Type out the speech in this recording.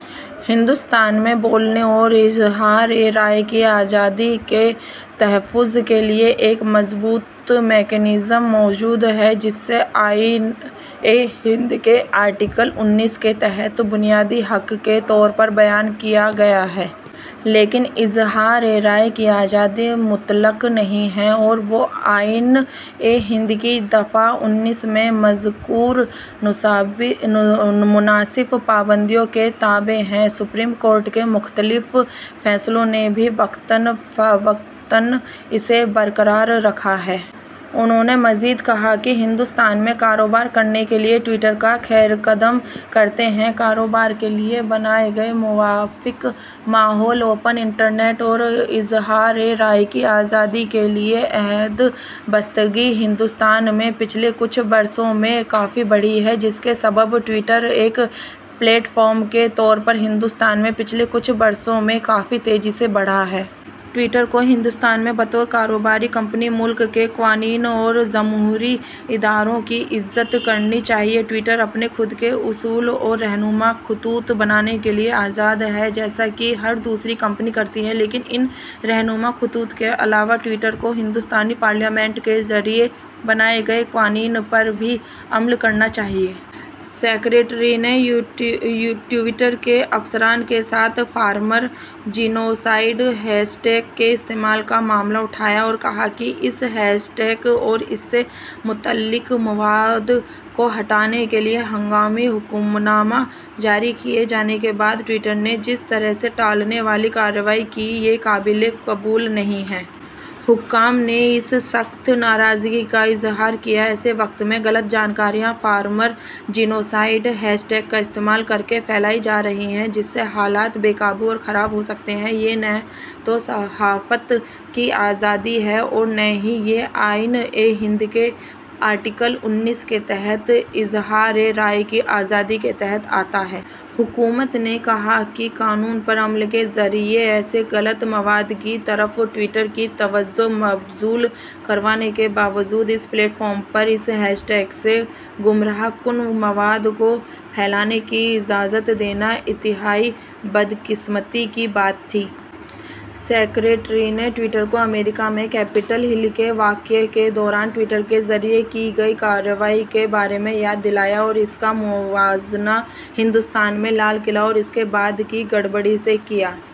ہندوستان میں بولنے اور اظہار رائے کی آزادی کے تحفظ کے لیے ایک مضبوط میکینزم موجود ہے، جسے آئین ہند کے آرٹیکل انیس کے تحت بنیادی حق کے طور پر بیان کیا گیا ہے۔ لیکن اظہار رائے کی آزادی مطلق نہیں ہے اور وہ آئین ہند کی دفعہ انیس میں مذکور مناسب پابندیوں کے تابع ہے۔ سپریم کورٹ کے مختلف فیصلوں نے بھی وقتاً فوقتاً اسے برقرار رکھا ہے۔ انہوں نے مزید کہا کہ ہندوستان میں کاروبار کرنے کے لیے ٹوئیٹر کا خیرمقدم کرتے ہیں۔ کاروبار کے لیے بنائے گئے موافق ماحول، اوپن انٹرنیٹ اور اظہار رائے کی آزادی کے لیے عہد بستگی ہندوستان میں پچھلے کچھ برسوں میں کافی بڑھی ہے، جس کے سبب ٹوئیٹر ایک پلیٹ فارم کے طور پر ہندوستان میں پچھلے کچھ برسوں میں کافی تیزی سے بڑھا ہے۔ ٹوئیٹر کو ہندوستان میں بطور کاروباری کمپنی ملک کے قوانین اور جمہوری اداروں کی عزت کرنی چاہیے۔ ٹوئیٹر اپنے خود کے اصول اور رہنما خطوط بنانے کے لیے آزاد ہے، جیسا کہ ہر دوسری کمپنی کرتی ہے، لیکن ان رہنما خطوط کے علاوہ ٹوئیٹر کو ہندوستانی پارلیمنٹ کے ذریعے بنائے گئے قوانین پر بھی عمل کرنا چاہیے۔ سکریٹری نے ٹوئیٹر کے افسران کے ساتھ فارمر جینوسائیڈ ہیش ٹیگ کے استعمال کا معاملہ اٹھایا اور کہا کہ اس ہیش ٹیگ اور اس سے متعلق مواد کو ہٹانے کے لیے ہنگامی حکم نامہ جاری کیے جانے کے بعد ٹوئیٹر نے جس طرح سے ٹالنے والی کارروائی کی، یہ قابل قبول نہیں ہے۔ حکام نے اس پر سخت ناراضگی ظاہر کی۔ ایسے وقت میں غلط جانکاری فارمر جینوسائیڈ ہیش ٹیگ کا استعمال کرکے پھیلائی جارہی ہے، جس سے حالات بے قابو اور خراب ہوسکتے ہیں۔ یہ نہ تو صحافت کی آزادی ہے اور نہ ہی یہ آئین ہند کے آرٹیکل انیس کے تحت اظہار رائے کی آزادی کے تحت آتا ہے۔ حکومت نے کہا کہ قانون پر عمل کے ذریعے ایسے غلط مواد کی طرف ٹوئیٹر کی توجہ مبذول کروانے کے باوجود اس پلیٹ فارم پر اس ہیش ٹیگ سے گمراہ کن مواد کو پھیلانے کی اجازت دینا انتہائی بدقسمتی کی بات تھی۔ سکریٹری نے ٹوئیٹر کو امریکہ میں کیپٹل ہل کے واقعہ کے دوران ٹوئیٹر کے ذریعے کی گئی کارروائی کے بارے میں یاد دلایا اور اس کا موازنہ ہندوستان میں لال قلعہ اور اس کے بعد کی گڑبڑی سے کیا۔